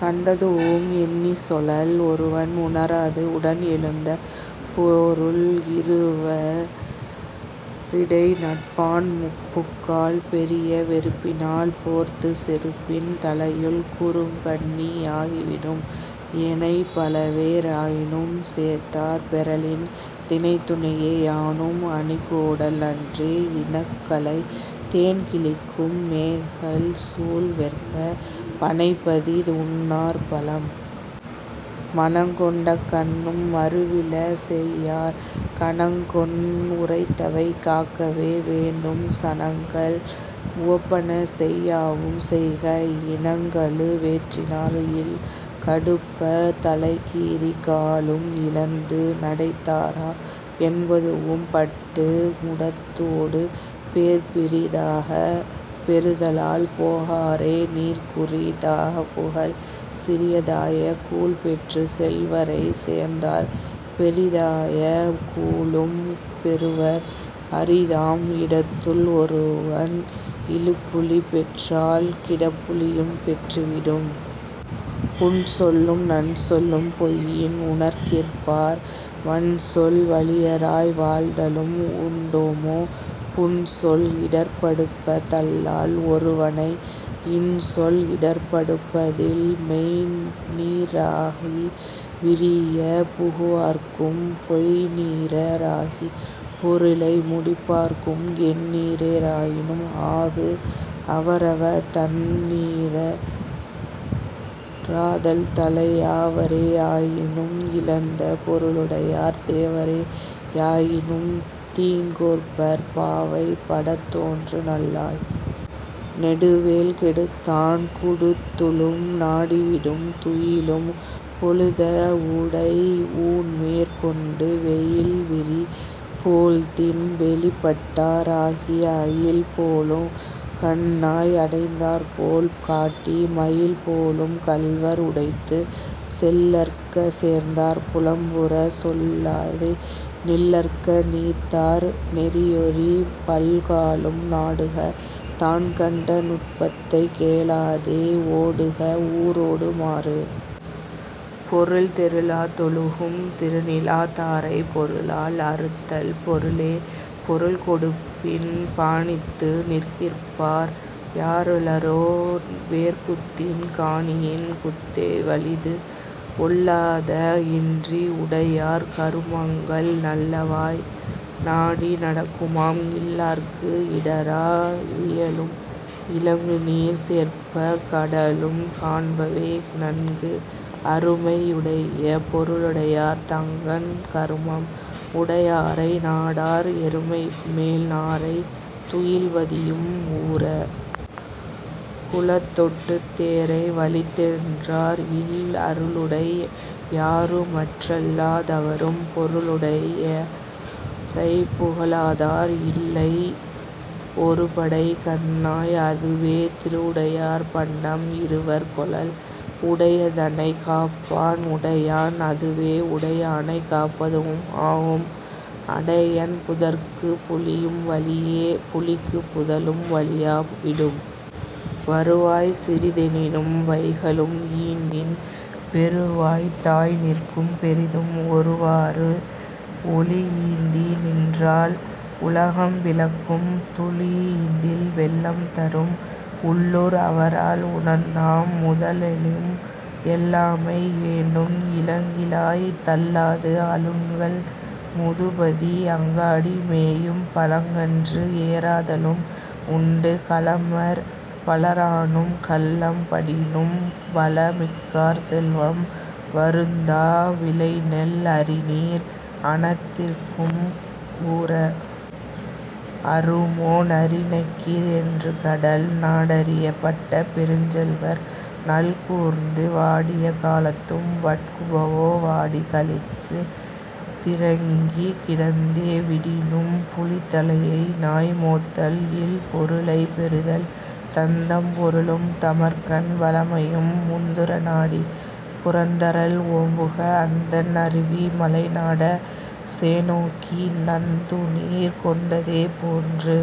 கண்டதூஉம் எண்ணிச் சொலல்'. ஒருவன் உணராது உடன்றெழுந்த போருள் இருவ ரிடைநட்பான் புக்கால் பெரிய வெறுப்பினால் போர்த்துச் செறுப்பின் 'தலையுள் குறுக்கண்ணி யாகி விடும்'. எனைப்பலவே யாயினும் சேய்த்தாற் பெறலின் தினைத்துணையே யானும் அணிக்கோடல் நன்றே இனக்கலை தேன்கிழிக்கும் மேகல்சூழ் வெற்ப! 'பனைப்பதித் உண்ணார் பழம்'. மனங்கொண்டக் கண்ணும் மருவில செய்யார் கனங்கொண் உரைத்தவை காக்கவே வேண்டும் சனங்கள் உவப்பன செய்யாவும் செய்க 'இனங்கழு வேற்றினார் இல்'. கடுப்பத் தலைக்கீறிக் காலும் இழந்து நடைத்தாரா என்பதூஉம் பட்டு முடத்தோடு பேர்பிறி தாகப் பெறுதலால் 'போகாரே நீர்குறி தாகப் புகல்'. சிறியதாய கூழ்பெற்றுச் செல்வரைச் சேர்ந்தார் பெரிதாய கூழும் பெறுவர் அரிதாம் 'இடத்துள் ஒருவன் இருப்புழிப் பெற்றால் கிடப்புழியும் பெற்று விடும்'. புன்சொல்லும் நன்சொல்லும் பொய்யின் உணர்கிற்பார் வன்சொல் வழியராய் வாழ்தலும் உண்டாமோ? புன்சொல் இடர்ப்படுப்ப தல்லால் ஒருவனை 'இன்சொல் இடர்ப்படுப்ப தில்'. மெய்ந்நீர ராகி விரியப் புகுவார்க்கும் பொய்ந்நீர ராகிப் பொருளை முடிப்பார்க்கும் எந்நீர ராயினும் ஆகு அவரவர் 'தந்நீர ராதல் தலை'. யாவரே யாயினும் இழந்த பொருளுடையார் தேவரே யாயினும் தீங்கோர்ப்பர் பாவை படத்தோன்று நல்லாய்! 'நெடுவேல் கெடுத்தான் குடத்துளும் நாடி விடும்'. துயிலும் பொழுதத் உடைஊண்மேற் கொண்டு வெயில்விரி போழ்தின் வெளிப்பட்டா ராகி அயில்போலுங் கண்ணாய்! அடைந்தார்போல் காட்டி 'மயில்போலும் கள்வர் உடைத்து'. செல்லற்க சேர்ந்தார் புலம்புறச் செல்லாது நில்லற்க நீத்தார் நெறியொரீப் பல்காலும் நாடுக தான்கண்ட நுட்பத்தைக் கேளாதே 'ஓடுக ஊரோடு மாறு'.. பொருள் தெருளா தொழுகும் திறனிலா தாரைப் பொருளால் அறுத்தல் பொருளே பொருள்கொடுப்பின் பாணித்து நிற்கிற்பார் யாருளரோ? 'வேற்குத்தின் காணியின் குத்தே வலிது'. ஒல்லாத இன்றி உடையார் கருமங்கள் நல்லவாய் நாடி நடக்குமாம் இல்லார்க்கு இடரா வியலும் இலங்குநீர்ச் சேர்ப்ப! 'கடலுள்ளும் காண்பவே நன்கு'. அருமை யுடைய பொருளுடையார் தங்கண் கருமம் உடையாரை நாடார் எருமைமேல் நாரை துயில்வதியும் ஊர! 'குளந்தொட்டுத் தேரை வழிச்சென்றார் இல்'. அருளுடை யாருமற் றல்லா தவரும் பொருளுடை யாரைப் புகழாதார் இல்லை பொருபடைக் கண்ணாய்! அதுவே 'திருவுடையார் பண்டம் இருவர் கொளல்'. உடையதனைக் காப்பான் உடையான் அதுவே உடையானைக் காப்பதூஉம் ஆகும் அடையின் 'புதற்குப் புலியும் வலியே புலிக்குப் புதலும் வலியாய் விடும்'. வருவாய் சிறிதெனினும் வைகலும் ஈண்டின் பெருவாய்த்தாய் நிற்கும் பெரிதும் ஒருவாறு ஒளியீண்டி நின்றால் உலகம் விளக்கும் 'துளியீண்டில் வெள்ளம் தரும்'. உள்ளூர் அவரால் உணர்ந்தாம் முதலெனினும் எள்ளாமை வேண்டும் இலங்கிழாய்! தள்ளாது அழுங்கல் முதுபதி 'அங்காடி மேயும் பழங்கன்று ஏறாதலும் உண்டு'. களமர் பலரானும் கள்ளம் படினும் வளமிக்கார் செல்வம் வருந்தா விளைநெல் அரிநீர் அணைதிறக்கும் ஊர! 'அறுமோ நரிநக்கிற் என்று கடல்'. நாடறியப் பட்ட பெருஞ்செல்வர் நல்கூர்ந்து வாடிய காலத்தும் வட்குபவோ! வாடி வலித்துத் திரங்கிக் கிடந்தே விடினும் 'புலித்தலையை நாய்மோத்தல் இல்'. பொருளைப் பெறுதல் தந்தம் பொருளும் தமர்கண் வளமையும் முந்துற நாடிப் புறந்தரல் ஓம்புக அந்தண் அருவி மலைநாட! சேணோக்கி 'நந்துநீர் கொண்டதே போன்று'.